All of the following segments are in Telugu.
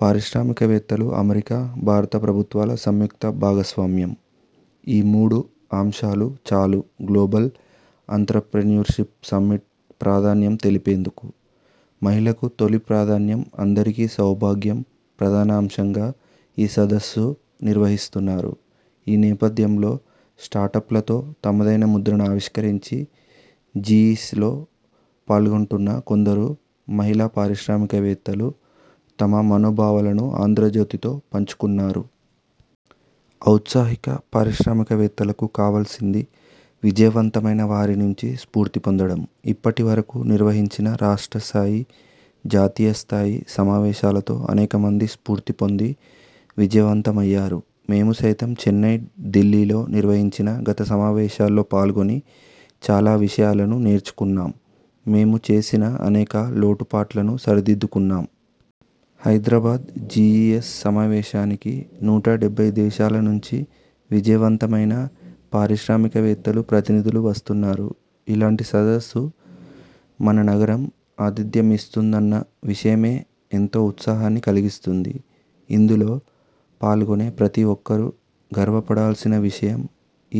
పారిశ్రామికవేత్తలు అమెరికా, భారత ప్రభుత్వాల సంయుక్త భాగస్వామ్యం. ఈ మూడు అంశాలు చాలు గ్లోబల్ ఆంత్రప్రెన్యూర్షిప్ సమ్మిట్ ప్రాధాన్యం తెలిపేందుకు. మహిళకు తొలి ప్రాధాన్యం అందరికీ సౌభాగ్యం ప్రధానాంశంగా ఈ సదస్సు నిర్వహిస్తున్నారు. ఈ నేపథ్యంలో స్టార్ట్పలతో తమదైన ముద్రను ఆవిష్కరించి, జిఈ్సలో పాల్గొంటున్న కొందరు మహిళా పారిశ్రామికవేత్తలు తమ మనోభావాలను ఆంధ్రజ్యోతితో పంచుకున్నారు. ఔత్సాహిక పారిశ్రామికవేత్తలకు కావాల్సింది విజయవంతమైన వారినుంచి స్ఫూర్తి పొందడం. ఇప్పటి వరకు నిర్వహించిన రాష్ట్రస్థాయి, జాతీయ స్థాయి సమావేశాలతో అనేకమంది స్ఫూర్తి పొంది విజయవంతమయ్యారు. మేము సైతం చెన్నై, దిల్లీలో నిర్వహించిన గత సమావేశాల్లో పాల్గొని చాలా విషయాలను నేర్చుకున్నాం. మేము చేసిన అనేక లోటు పాట్లను సరిదిద్దుకున్నాం. హైదరాబాద్ జిఈస్ సమావేశానికి నూట డెబ్బై దేశాలనుంచి విజయవంతమైన పారిశ్రామికవేత్తలు, ప్రతినిధులు వస్తున్నారు. ఇలాంటి సదస్సు మన నగరం ఆతిథ్యమిస్తుందన్న విషయమే ఎంతో ఉత్సాహాన్ని కలిగిస్తోంది. ఇందులో పాల్గొనే ప్రతి ఒక్కరూ గర్వపడాల్సిన విషయం.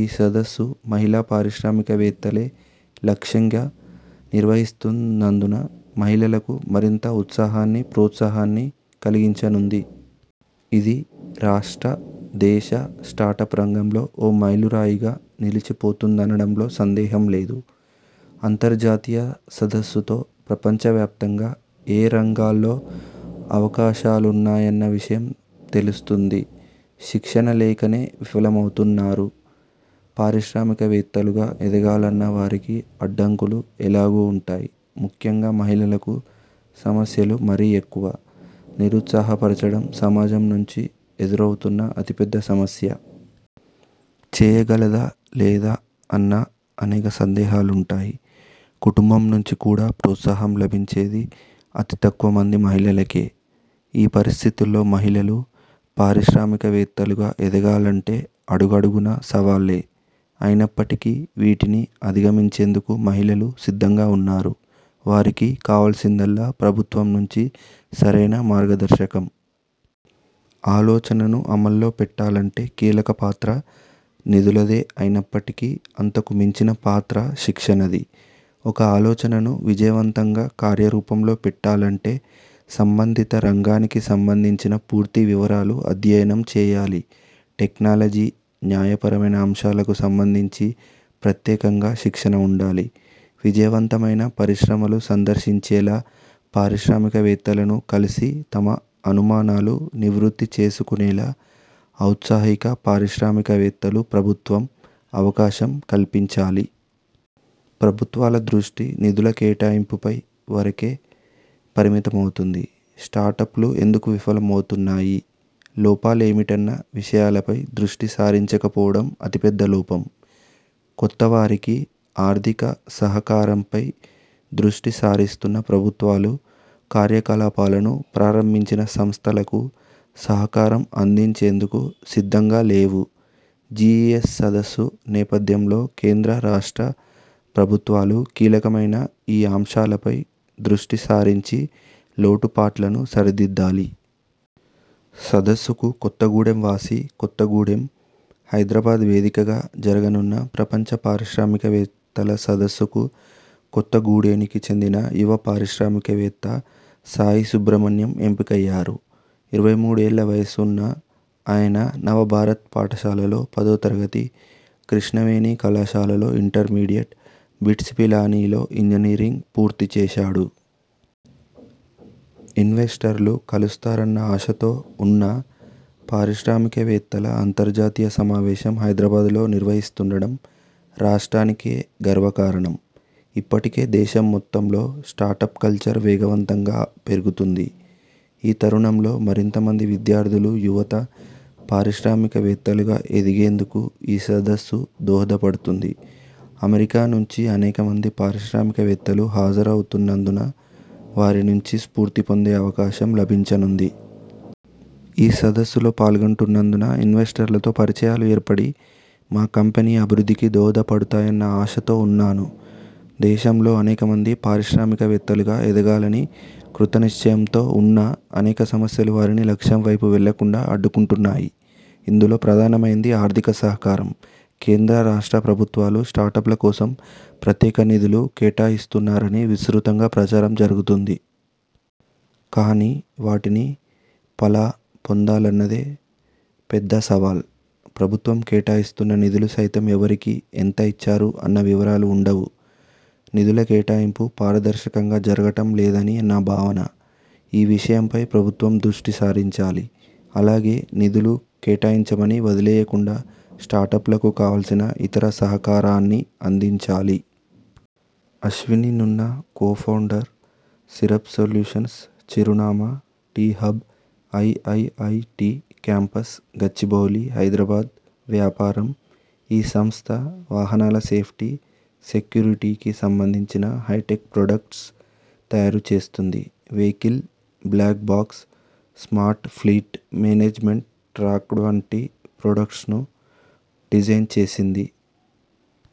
ఈ సదస్సు మహిళా పారిశ్రామికవేత్తలే లక్ష్యంగా నిర్వహిస్తున్నందున మహిళలకు మరింత ఉత్సాహాన్ని, ప్రోత్సాహాన్ని కలిగించనుంది. ఇది రాష్ట్ర, దేశ స్టార్టప్ రంగంలో ఓ మైలురాయిగా నిలిచిపోతుందనడంలో సందేహం లేదు. అంతర్జాతీయ సదస్సుతో ప్రపంచవ్యాప్తంగా ఏ రంగాల్లో అవకాశాలున్నాయన్న విషయం తెలుస్తుంది. శిక్షణ లేకనే విఫలమవుతున్నారు .పారిశ్రామికవేత్తలుగా ఎదగాలన్న వారికి అడ్డంకులు ఎలాగూ ఉంటాయి. ముఖ్యంగా మహిళలకు సమస్యలు మరీ ఎక్కువ. నిరుత్సాహపరచడం సమాజం నుంచి ఎదురవుతున్న అతిపెద్ద సమస్య. చేయగలదా లేదా అన్న అనేక సందేహాలుంటాయి. కుటుంబం నుంచి కూడా ప్రోత్సాహం లభించేది అతి తక్కువ మంది మహిళలకే. ఈ పరిస్థితుల్లో మహిళలు పారిశ్రామికవేత్తలుగా ఎదగాలంటే అడుగడుగునా సవాళ్లే. అయినప్పటికీ వీటిని అధిగమించేందుకు మహిళలు సిద్ధంగా ఉన్నారు. వారికి కావాల్సిందల్లా ప్రభుత్వం నుంచి సరైన మార్గదర్శకం. ఆలోచనను అమల్లో పెట్టాలంటే కీలకపాత్ర నిధులదే అయినప్పటికీ అంతకుమించిన పాత్ర శిక్షణది. ఒక ఆలోచనను విజయవంతంగా కార్యరూపంలో పెట్టాలంటే సం బంధిత రంగానికి సంబంధించిన పూర్తి వివరాలు అధ్యయనం చేయాలి. టెక్నాలజీ, న్యాయపరమైన అంశాలకు సంబంధించి ప్రత్యేకంగా శిక్షణ ఉండాలి. విజయవంతమైన పరిశ్రమలు సందర్శించేలా, పారిశ్రామికవేత్తలను కలిసి తమ అనుమానాలు నివృత్తి చేసుకునేలా ఔత్సాహిక పారిశ్రామికవేత్తలు ప్రభుత్వం అవకాశం కల్పించాలి. ప్రభుత్వాల దృష్టి నిధుల కేటాయింపు పై వరకే పరిమితమవుతోంది. స్టార్ట్పలు ఎందుకు విఫలమవుతున్నాయి.? లోపాలేమిటన్న విషయాలపై దృష్టి సారించకపోవడం అతిపెద్ద లోపం. కొత్తవారికి ఆర్థిక సహకారంపై దృష్టి సారిస్తున్న ప్రభుత్వాలు కార్యకలాపాలను ప్రారంభించిన సంస్థలకు సహకారం అందించేందుకు సిద్దంగా లేవు. జిఈస్ సదస్సు నేపథ్యంలో కేంద్ర, రాష్ట్ర ప్రభుత్వాలు కీలకమైన ఈ అంశాలపై దృష్టి సారించి లోటు పాట్లను సరిదిద్దాలి. సదస్సుకు కొత్తగూడెం వాసి కొత్తగూడెం హైదరాబాద్ వేదికగా జరగనున్న ప్రపంచ పారిశ్రామికవేత్తల సదస్సుకు కొత్తగూడేనికి చెందిన యువ పారిశ్రామికవేత్త సాయి సుబ్రమణ్యం ఎంపికయ్యారు. ఇరవై మూడు ఏళ్ల వయస్సు ఉన్న ఆయన నవభారత్ పాఠశాలలో పదో తరగతి, కృష్ణవేణి కళాశాలలో ఇంటర్మీడియట్, బిట్స్ పిలానీలో ఇంజనీరింగ్ పూర్తిచేశాడు. ఇన్వెస్టర్లు కలుస్తారన్న ఆశతో ఉన్నా పారిశ్రామికవేత్తల అంతర్జాతీయ సమావేశం హైదరాబాద్లో నిర్వహిస్తుండటం రాష్ట్రానికే గర్వకారణం. ఇప్పటికే దేశం మొత్తంలో స్టార్టప్ కల్చర్ వేగవంతంగా పెరుగుతోంది. ఈ తరుణంలో మరింత మంది విద్యార్థులు, యువత పారిశ్రామికవేత్తలుగా ఎదిగేందుకు ఈ సదస్సు దోహదపడుతుంది. అమెరికా నుంచి అనేక మంది పారిశ్రామికవేత్తలు హజరవుతున్నందున వారినుంచి స్ఫూర్తి పొందే అవకాశం లభించనుంది. ఈ సదస్సులో పాల్గొంటున్నందున ఇన్వెస్టర్లతో పరిచయాలు ఏర్పడి మా కంపెనీ అభివృద్ధికి దోహదపడుతాయన్న ఆశతో ఉన్నాను. దేశంలో అనేకమంది పారిశ్రామికవేత్తలుగా ఎదగాలని కృతనిశ్చయంతో ఉన్నా అనేక సమస్యలు వారిని లక్ష్యం వైపు వెళ్లకుండా అడ్డుకుంటున్నాయి. ఇందులో ప్రధానమైంది ఆర్థిక సహకారం. కేంద్ర, రాష్ట్ర ప్రభుత్వాలు స్టార్టప్ల కోసం ప్రత్యేక నిధులు కేటాయిస్తున్నారని విస్తృతంగా ప్రచారం జరుగుతోంది. కానీ వాటిని పలా పొందాలన్నదే పెద్ద సవాల్. ప్రభుత్వం కేటాయిస్తున్న నిధులు సైతం ఎవరికి, ఎంత ఇచ్చారు అన్న వివరాలు ఉండవు. నిధుల కేటాయింపు పారదర్శకంగా జరగటం లేదని నా భావన. ఈ విషయంపై ప్రభుత్వం దృష్టి సారించాలి. అలాగే నిధులు కేటాయించమని వదిలేయకుండా స్టార్ట్పలకు కావాల్సిన ఇతర సహకారాన్నీ అందించాలి. Ashwini Nunna, co founder, syrup solutions చిరునామా T. Hub, IIIT campus, Gachibowli, Hyderabad వ్యాపారం ఈ సంస్థ వాహనల సేఫ్టీ, సెక్యూరిటీకి సంబంధించిన హైటెక్ ప్రాడక్ట్స్ తయారు చేస్తోంది. Vehicle black box, smart fleet management, ట్రాక్డ్వంటి ప్రాడక్ట్స్ను డిజైన్ చేసింది.